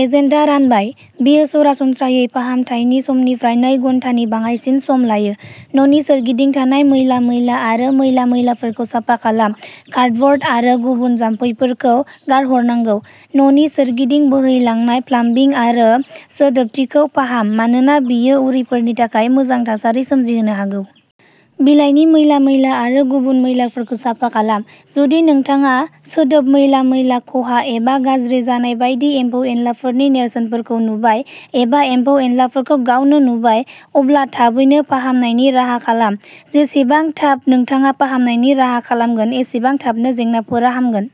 एजेन्डआ रानबाय। बेयो सरासनस्रायै फाहामथायनि समनिफ्राय नै घन्टानि बाङाइसिन सम लायो। न'नि सोरगिदिं थानाय मैला-मैला आरो मैला-मैलाफोरखौ साफा खालाम। कार्डब'र्ड आरो गुबुन जामफैफोरखौ गारहरनांगौ। न'नि सोरगिदिं बोहैलांनाय प्लाम्बिं आरो सिदोबथिखौ फाहाम मानोना बेयो उरिफोरनि थाखाय मोजां थासारि सोमजिहोनो हागौ। बिलाइनि मैला-मैला आरो गुबुन मैलाफोरखौ साफा खालाम। जुदि नोंथाङा सोदोब, मैला-मैला, खहा एबा गाज्रि जानाय बायदि एम्फौ-एनलाफोरनि नेरसोनफोरखौ नुबाय, एबा एम्फौ-एनलाफोरखौ गावनो नुबाय, अब्ला थाबैनो फाहामनायनि राहा खालाम, जेसेबां थाब नोंथाङा फाहामनायनि राहा खालामगोन, एसेबां थाबनो जेंनाफोरा हामगोन।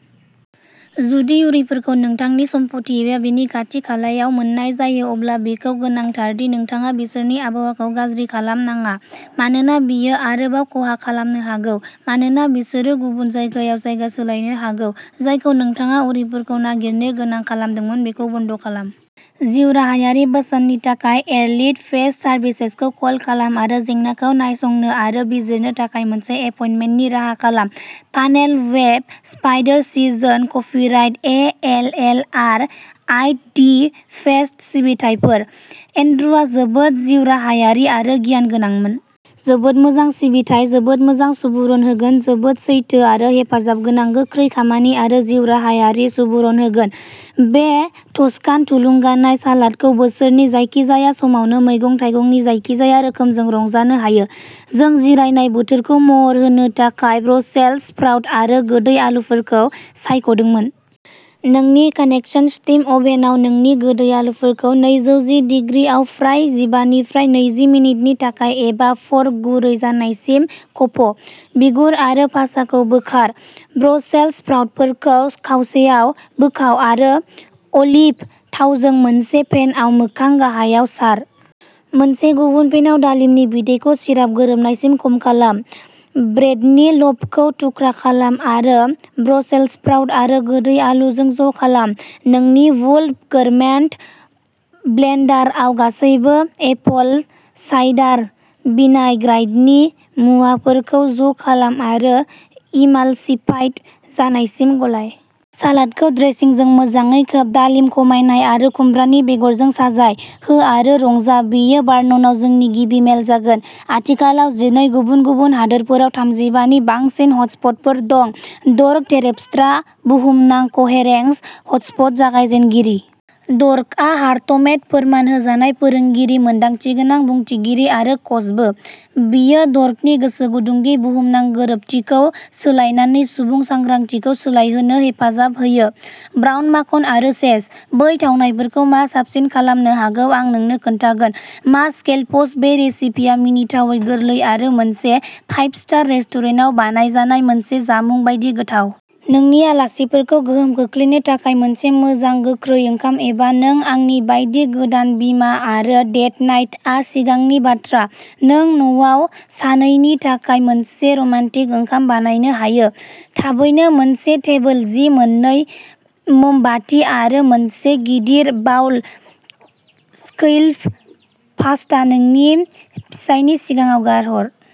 जुदि उरिफोरखौ नोंथांनि सम्पथि एबा बेनि खाथि-खालायाव मोन्नाय जायो, अब्ला बेखौ गोनांथार दि नोंथाङा बिसोरनि आबहावाखौ गाज्रि खालाम नाङा, मानोना बेयो आरोबाव खहा खालामनो हागौ मानोना बिसोरो गुबुन जायगायाव जायगा सोलायनो हागौ। जायखौ नोंथाङा उरिफोरखौ नागिरनो गोनां खालामदोंमोन बेखौ बन्द खालाम। जिउराहायारि बोसोननि थाखाय एलिड पेस्ट सार्भिसेसखौ कल खालाम आरो जेंनाखौ नायसंनो आरो बिजिरनो थाखाय मोनसे एपइन्टमेन्टनि राहा खालाम। Funnel web spider season. Copyright A L L R I the paste सिबिथायफोर। एन्ड्रुआ जोबोद जिउराहायारि आरो गियान गोनांमोन। जोबोद मोजां सिबिथाइ। जोबोद मोजां सुबुरुन होगोन जोबोद सैथो आरो हेफाजाबगोनां गोख्रै खामानि आरो जिउराहायारि। सुबुरुन होगोन। बे टस्कान थुलुंगानाय सालादखौ बोसोरनि जायखिजाया समावनो, मैगं-थाइगंनि जायखिजाया रोखोमजों रंजानो हायो। जों जिरायनाय बोथोरखौ महर होनो थाखाय ब्रसेल्स स्प्राउट आरो गोदै आलुफोरखौ सायख'दोंमोन। नोंनि कनेगक्सोनस स्टीम अभेनआव, नोंनि गोदै आलुफोरखौ नैजौ जि डिग्रि आव फ्राय जिबानिफ्राय नैजि मिनिटनि थाखाय एबा फ'र्क गुरै जानायसिम खफ'। बिगुर आरो पासाखौ बोखार। ब्रसेल्स स्प्राउटफोरखौ खावसेयाव बोखाव आरो अलिभ थावजों मोनसे पेनआव मोखां गाहायाव सार। मोनसे गुबुन पेनआव, दालिमनि बिदैखौ सिराप गोरोबनायसिम खम खालाम। ब्रेडनि ल'फखौ थुख्रा खालाम आरो ब्रसेल्स प्राउड आरो गोदै आलुफोरजों ज'खालाम। नोंनि वुल्फ गोरमेट ब्लेन्डाराव, गासैबो एपल साइडार भिनाइग्रायटनि मुवाफोरखौ ज'खालाम आरो इमालसिफाइड जानायसिम गलाय। सालादखौ ड्रेसिंजों मोजाङै खोब। दालिम खमायनाय आरो खुमब्रानि बेगरजों साजाय। हो आरो रंजा बेयो भार्ननआव जोंनि गिबि मेल जागोन, आथिखालाव जिनै गुबुन-गुबुन हादोरफोराव थामजिबानि बांसिन हटस्पटफोर दं। डर्क टेरपस्ट्राआ बुहुमनां क'हेरेंस हटस्पट जागायजेनगिरि। डर्कआ हार्टमेथ फोरमान होजानाय फोरोंगिरि, मोनदांथिगोनां बुंथिगिरि आरो कचबो। बेयो डर्कनि गोसो गुदुं दि बुहुमनां गोरोबथिखौ सोलायनानै सुबुं सांग्रांथिखौ सोलायहोनो हेफाजाब होयो। ब्राउन माखन आरो सेज। बै थावनायफोरखौ मा साबसिन खालामनो हागौ? आं नोंनो खोन्थागोन मास कैलप्स बे रेसिपिया मिनिथावै गोरलै आरो मोनसे फाइभ स्टार रेस्टुरेन्टाव बायजानाय मोनसे जामुं बायदि गोथाव। नोंनि आलासिफोरखौ गोहोम खोख्लैनो थाखाय मोनसे मोजां गोख्रै ओंखाम एबा नों आंनि बायदि गोदान बिमा आरो डेट नाइट आ सिगांनि बाथ्रा, नों न'आव सानैनि थाखाय मोनसे रमान्टिक ओंखाम बानायनो हायो। थाबैनो मोनसे टेबोल जि, मोननै मोमबाति आरो मोनसे गिदिर बाउल स्कैलप पास्ता नोंनि फिसायनि सिगाङाव गारहर।